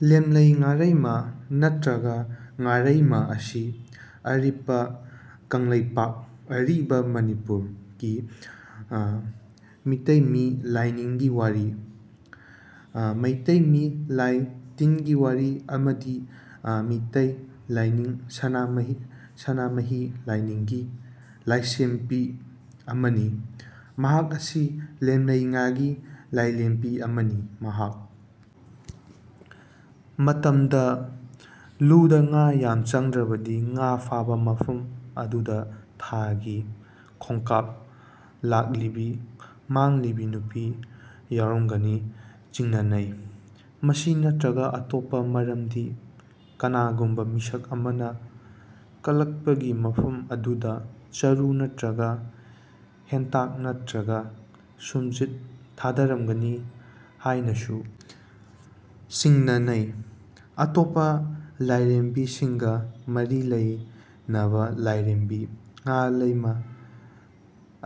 ꯂꯦꯝꯂꯩ ꯉꯥꯂꯩꯃ ꯅꯠꯇ꯭ꯔꯒ ꯉꯥꯔꯩꯃ ꯑꯁꯤ ꯑꯔꯤꯄ ꯀꯪꯂꯩꯄꯥꯛ (ꯑꯔꯤꯕ ꯃꯅꯤꯄꯨꯔ)ꯀꯤ ꯃꯤꯇꯩ ꯃꯤ ꯂꯥꯢ ꯇꯤꯟꯒꯤ ꯋꯥꯔꯤ (ꯃꯩꯇꯩ ꯃꯤ ꯂꯥꯢ ꯇꯤꯟꯒꯤ ꯋꯥꯔꯤ) ꯑꯃꯗꯤ ꯃꯤꯇꯩ ꯂꯥꯢꯅꯤꯡ (ꯁꯅꯥꯃꯍꯤ ꯂꯥꯏꯅꯤꯡ)ꯒꯤ ꯂꯥꯢꯂꯦꯝꯄꯤ ꯑꯃꯅꯤ꯫ ꯃꯍꯥꯛ ꯑꯁꯤ ꯂꯦꯝꯂꯩ ꯉꯥꯒꯤ ꯂꯥꯢꯂꯦꯝꯄꯤ ꯑꯃꯅꯤ꯫ ꯃꯍꯥꯛ ꯃꯇꯝꯗ ꯂꯨꯗ ꯉꯥ ꯌꯥꯝ ꯆꯪꯗ꯭ꯔꯕꯗꯤ ꯉꯥ ꯐꯥꯕ ꯃꯐꯝ ꯑꯗꯨꯗ ꯊꯥꯒꯤ ꯈꯣꯡꯀꯥꯞ ꯂꯥꯛꯂꯤꯕꯤ ꯃꯥꯡꯂꯤꯕꯤ ꯅꯨꯄꯤ ꯌꯥꯎꯔꯝꯒꯅꯤ ꯆꯤꯡꯅꯅꯩ꯫ ꯃꯁꯤ ꯅꯠꯇ꯭ꯔꯒ ꯑꯇꯣꯞꯄ ꯃꯔꯝꯗꯤ ꯀꯅꯥꯒꯨꯝꯕ ꯃꯤꯁꯛ ꯑꯃꯅ ꯀꯜꯂꯛꯄꯒꯤ ꯃꯐꯝ ꯑꯗꯨꯗ ꯆꯔꯨ ꯅꯠꯇ꯭ꯔꯒ ꯍꯦꯟꯇꯥꯛ ꯅꯠꯇ꯭ꯔꯒ ꯁꯨꯝꯖꯤꯠ ꯊꯥꯗꯔꯝꯒꯅꯤ ꯍꯥꯢꯅꯁꯨ ꯆꯤꯡꯅꯅꯩ꯫ ꯑꯇꯣꯞꯄ ꯂꯥꯢꯔꯦꯝꯕꯤꯁꯤꯡꯒ ꯃꯔꯤ ꯂꯩꯅꯕ ꯂꯥꯢꯔꯦꯝꯕꯤ ꯉꯥꯂꯩꯃ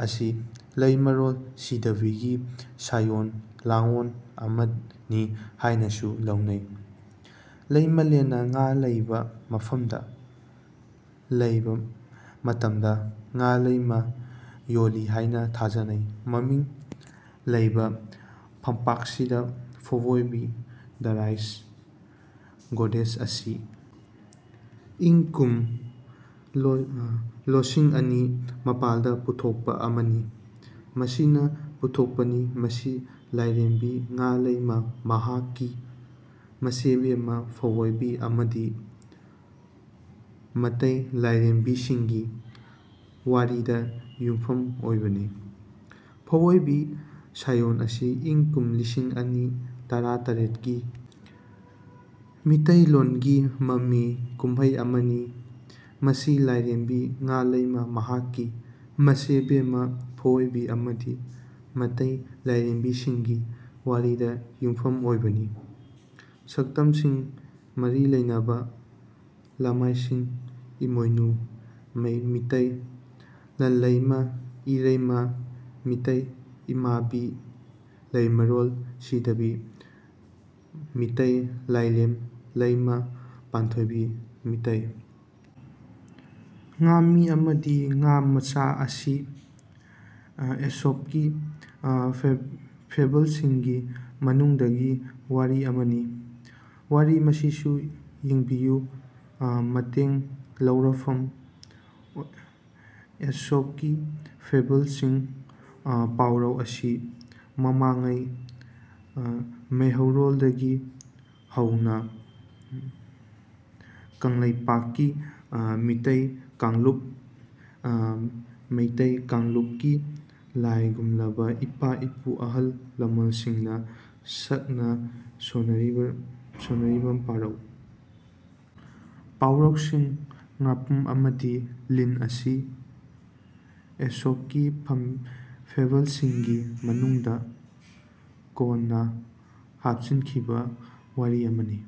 ꯑꯁꯤ ꯂꯩꯃꯔꯦꯜ ꯁꯤꯗꯕꯤꯒꯤ ꯁꯥꯢꯑꯣꯟ ꯂꯥꯡꯑꯣꯟ ꯑꯃꯅꯤ ꯍꯥꯢꯅꯁꯨ ꯂꯧꯅꯩ꯫ ꯂꯩꯃꯂꯦꯜꯅ ꯉꯥ ꯂꯩꯕ ꯃꯐꯝꯗ ꯂꯩꯕ ꯃꯇꯝꯗ ꯉꯥꯂꯩꯃ ꯑꯣꯜꯂꯤ ꯍꯥꯢꯅ ꯊꯥꯖꯅꯩ꯫ ꯃꯃꯤꯡ ꯂꯩꯕ ꯐꯝꯄꯥꯛꯁꯤꯡꯗ ꯐꯧ-ꯑꯣꯢꯕꯤ, ꯗ ꯔꯥꯢꯁ ꯒꯣꯗꯦꯁ ꯑꯁꯤ ꯏꯪ ꯀꯨꯝ ꯂꯣꯁꯤꯡ ꯑꯅꯤ ꯃꯄꯥꯜ ꯗ ꯄꯨꯊꯣꯛꯄ ꯑꯃꯅꯤ꯫ ꯃꯁꯤ ꯅ ꯄꯨꯊꯣꯛꯄꯅꯤ ꯃꯁꯤ ꯂꯥꯢꯔꯦꯝꯕꯤ ꯉꯥꯂꯩꯃ, ꯃꯍꯥꯛꯀꯤ ꯃꯆꯦꯕꯦꯝꯃ ꯐꯧꯑꯣꯢꯕꯤ ꯑꯃꯗꯤ ꯑꯇꯩ ꯂꯥꯢꯔꯦꯝꯕꯤꯁꯤꯡꯒꯤ ꯋꯥꯔꯤꯗ ꯌꯨꯝꯐꯝ ꯑꯣꯢꯕꯅꯤ꯫ ꯐꯧꯑꯣꯢꯕꯤ ꯁꯥꯌꯣꯟ ꯑꯁꯤ ꯏꯪ ꯀꯨꯝ ꯂꯤꯁꯤꯡ ꯑꯅꯤ ꯇꯔꯥ ꯇꯥꯔꯦꯠ ꯒꯤ ꯃꯤꯇꯩꯂꯣꯟꯒꯤ ꯃꯃꯤ ꯀꯨꯝꯍꯩ ꯑꯃꯅꯤ꯫ ꯃꯁꯤ ꯂꯥꯢꯔꯦꯝꯕꯤ ꯉꯥꯂꯩꯃ, ꯃꯍꯥꯛꯀꯤ ꯃꯆꯦꯕꯦꯝꯃ ꯐꯧꯑꯣꯢꯕꯤ ꯑꯃꯗꯤ ꯑꯇꯩ ꯂꯥꯢꯔꯦꯝꯕꯤꯁꯤꯡꯒꯤ ꯋꯥꯔꯤꯗ ꯌꯨꯝꯐꯝ ꯑꯣꯢꯕꯅꯤ꯫ ꯁꯛꯇꯝꯁꯤꯡ ꯃꯔꯤ ꯂꯩꯅꯕ ꯂꯃꯥꯢꯁꯤꯡ ꯏꯃꯣꯢꯅꯨ ꯃꯤꯇꯩ ꯂꯟꯂꯩꯃ ꯏꯔꯩꯃ ꯃꯤꯇꯩ ꯏꯃꯥꯕꯤ ꯂꯩꯃꯔꯦꯜ ꯁꯤꯗꯕꯤ ꯃꯤꯇꯩ ꯃꯥꯂꯦꯝ ꯂꯩꯃ ꯄꯥꯟꯊꯣꯢꯄꯤ ꯃꯤꯇꯩ ꯉꯥꯃꯤ ꯑꯃꯗꯤ ꯉꯥ ꯃꯆꯥ ꯑꯁꯤ ꯑꯦꯏꯁꯣꯞꯀꯤ ꯐꯦꯕꯜꯁꯤꯡꯒꯤ ꯃꯅꯨꯡꯗꯒꯤ ꯋꯥꯔꯤ ꯑꯃꯅꯤ꯫ ꯋꯥꯔꯤ ꯃꯁꯤꯁꯨ ꯌꯦꯡꯕꯤꯌꯨ ꯃꯇꯦꯡ ꯂꯧꯔꯛꯐꯝ ꯑꯦꯏꯁꯣꯞꯀꯤ ꯐꯦꯕꯜꯁꯤꯡ ꯄꯥꯎꯔꯧ ꯑꯁꯤ ꯃꯃꯥꯡꯉꯩ ꯃꯩꯍꯧꯔꯣꯜꯗꯒꯤ ꯍꯧꯅ ꯀꯪꯂꯩꯄꯥꯛꯀꯤ ꯃꯤꯇꯩ ꯀꯥꯡꯂꯨꯞ (ꯃꯩꯇꯩ ꯀꯥꯡꯂꯨꯞ)ꯀꯤ ꯂꯥꯢꯒꯨꯝꯂꯕ ꯏꯄꯥ-ꯏꯄꯨ ꯑꯍꯜ-ꯂꯃꯟꯁꯤꯡꯅ ꯁꯛꯅ ꯁꯣꯟꯅꯕꯤꯔꯝꯕ ꯄꯥꯎꯔꯧ ꯄꯥꯎꯔꯧꯁꯤꯡ ꯉꯥꯄ꯭ꯔꯨꯝ ꯑꯃꯗꯤ ꯂꯤꯟ ꯑꯁꯤ ꯑꯦꯏꯁꯣꯞꯀꯤ ꯐꯦꯕꯜꯁꯤꯡꯒꯤ ꯃꯅꯨꯡꯗ ꯀꯣꯟꯅ ꯍꯥꯞꯆꯤꯟꯈꯤꯕ ꯋꯥꯔꯤ ꯑꯃꯅꯤ꯫